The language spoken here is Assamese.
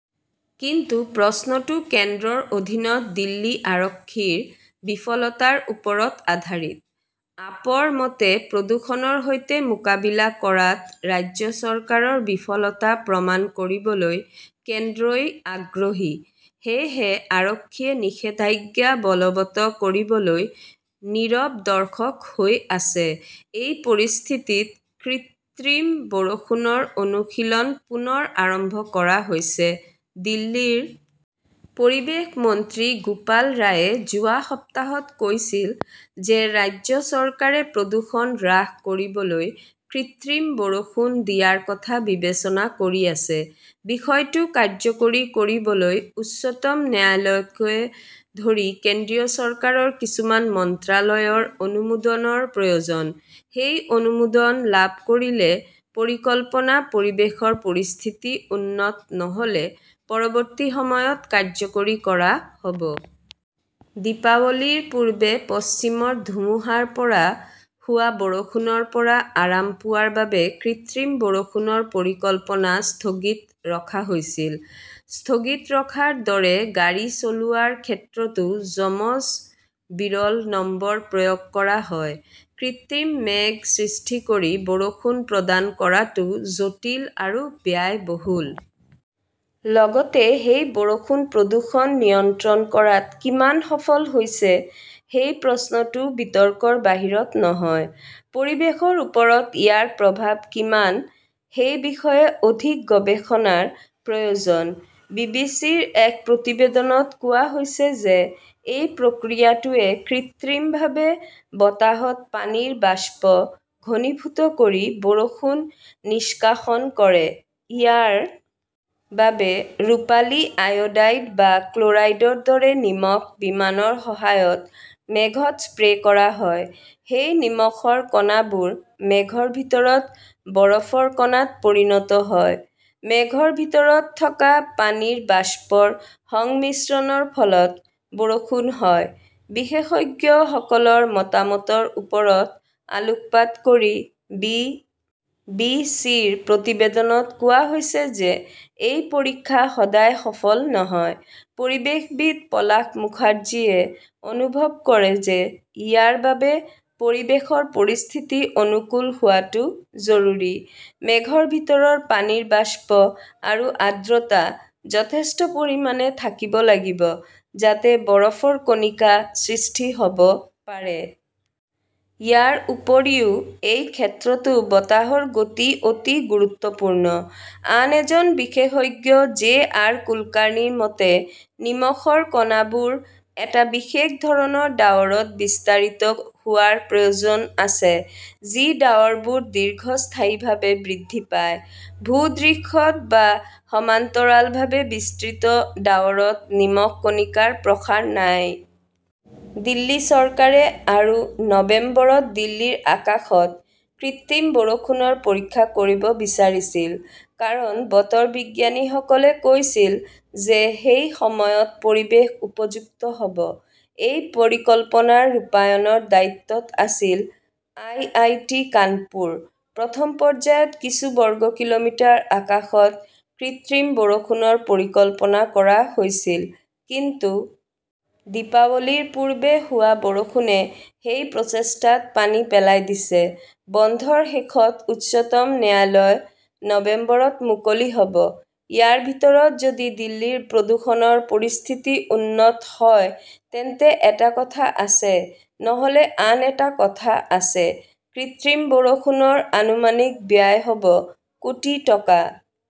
কিন্তু প্ৰশ্নটো কেন্দ্ৰৰ অধীনত দিল্লী আৰক্ষীৰ 'বিফলতা'ৰ ওপৰত আধাৰিত। আপৰ মতে, প্ৰদূষণৰ সৈতে মোকাবিলা কৰাত ৰাজ্য চৰকাৰৰ "বিফলতা" প্ৰমাণ কৰিবলৈ কেন্দ্ৰই আগ্ৰহী। সেয়েহে আৰক্ষীয়ে নিষেধাজ্ঞা বলৱৎ কৰিবলৈ নীৰৱ দৰ্শক হৈ আছে। এই পৰিস্থিতিত কৃত্ৰিম বৰষুণৰ অনুশীলন পুনৰ আৰম্ভ কৰা হৈছে। দিল্লীৰ পৰিৱেশ মন্ত্ৰী গোপাল ৰায়ে যোৱা সপ্তাহত কৈছিল যে ৰাজ্য চৰকাৰে প্ৰদূষণ হ্ৰাস কৰিবলৈ কৃত্ৰিম বৰষুণ দিয়াৰ কথা বিবেচনা কৰি আছে। বিষয়টো কাৰ্যকৰী কৰিবলৈ উচ্চতম ন্যায়ালয়কে ধৰি কেন্দ্ৰীয় চৰকাৰৰ কিছুমান মন্ত্ৰালয়ৰ অনুমোদনৰ প্ৰয়োজন। সেই অনুমোদন লাভ কৰিলে পৰিকল্পনা, পৰিৱেশৰ পৰিস্থিতি উন্নত নহ'লে পৰৱৰ্তী সময়ত কাৰ্যকৰী কৰা হ'ব। দীপাৱলীৰ পূৰ্বে পশ্চিমৰ ধুমুহাৰ পৰা হোৱা বৰষুণৰ পৰা আৰাম পোৱাৰ বাবে কৃত্ৰিম বৰষুণৰ পৰিকল্পনা স্থগিত ৰখা হৈছিল। স্থগিত ৰখাৰ দৰে গাড়ী চলোৱাৰ ক্ষেত্ৰতো যমজ-বিৰল নম্বৰ প্ৰয়োগ কৰা হয়। কৃত্ৰিম মেঘ সৃষ্টি কৰি বৰষুণ প্ৰদান কৰাটো জটিল আৰু ব্যয়বহুল। লগতে সেই বৰষুণ প্ৰদূষণ নিয়ন্ত্ৰণ কৰাত কিমান সফল হৈছে সেই প্ৰশ্নটোও বিতৰ্কৰ বাহিৰত নহয়। পৰিৱেশৰ ওপৰত ইয়াৰ প্ৰভাৱ কিমান সেই বিষয়ে অধিক গৱেষণাৰ প্ৰয়োজন। বি. বি. চি. -ৰ এক প্ৰতিবেদনত কোৱা হৈছে যে এই প্ৰক্ৰিয়াটোৱে কৃত্ৰিমভাৱে বতাহত পানীৰ বাষ্প ঘনীভূত কৰি বৰষুণ নিষ্কাশন কৰে। ইয়াৰ বাবে ৰূপালী আয়োডাইড বা ক্ল'ৰাইডৰ দৰে 'নিমখ' বিমানৰ সহায়ত মেঘত স্প্ৰে কৰা হয়। সেই নিমখৰ কণাবোৰ মেঘৰ ভিতৰত বৰফৰ কণাত পৰিণত হয়। মেঘৰ ভিতৰত থকা পানীৰ বাষ্পৰ সংমিশ্ৰণৰ ফলত বৰষুণ হয়। বিশেষজ্ঞসকলৰ মতামতৰ ওপৰত আলোকপাত কৰি বি. বি. চি. -ৰ প্ৰতিবেদনত কোৱা হৈছে যে এই পৰীক্ষা সদায় সফল নহয়। পৰিৱেশবিদ পলাশ মুখাৰ্জীয়ে অনুভৱ কৰে যে ইয়াৰ বাবে পৰিৱেশৰ পৰিস্থিতি অনুকূল হোৱাটো জৰুৰী। মেঘৰ ভিতৰৰ পানীৰ বাষ্প আৰু আৰ্দ্ৰতা যথেষ্ট পৰিমাণে থাকিব লাগিব, যাতে বৰফৰ কণিকা সৃষ্টি হ'ব পাৰে। ইয়াৰ উপৰিও এই ক্ষেত্ৰতো বতাহৰ গতি অতি গুৰুত্বপূৰ্ণ। আন এজন বিশেষজ্ঞ জে. আৰ. কুলকাৰ্ণীৰ মতে, নিমখৰ কণাবোৰ এটা বিশেষ ধৰণৰ ডাৱৰত বিস্তাৰিত হোৱাৰ প্ৰয়োজন আছে, যি ডাৱৰবোৰ দীৰ্ঘস্থায়ীভাৱে বৃদ্ধি পায়। ভূ-দৃশ্যত বা সমান্তৰালভাৱে বিস্তৃত ডাৱৰত নিমখ কণিকাৰ প্ৰসাৰ নাই। দিল্লী চৰকাৰে আৰু নৱেম্বৰত দিল্লীৰ আকাশত কৃত্ৰিম বৰষুণৰ পৰীক্ষা কৰিব বিচাৰিছিল। কাৰণ, বতৰ বিজ্ঞানীসকলে কৈছিল যে সেই সময়ত পৰিৱেশ উপযুক্ত হ'ব। এই পৰিকল্পনাৰ ৰূপায়ণৰ দায়িত্বত আছিল আইআইটি কানপুৰ। প্ৰথম পৰ্যায়ত কিছু বৰ্গ কিলোমিটাৰ আকাশত কৃত্ৰিম বৰষুণৰ পৰিকল্পনা কৰা হৈছিল। কিন্তু দীপাৱলীৰ পূৰ্বে হোৱা বৰষুণে সেই প্ৰচেষ্টাত পানী পেলাই দিছে। বন্ধৰ শেষত উচ্চতম ন্যায়ালয় নৱেম্বৰত মুকলি হ'ব। ইয়াৰ ভিতৰত, যদি দিল্লীৰ প্ৰদূষণৰ পৰিস্থিতি উন্নত হয় তেন্তে এটা কথা আছে, নহ'লে আন এটা কথা আছে। কৃত্ৰিম বৰষুণৰ আনুমানিক ব্যয় হ'ব কোটি টকা।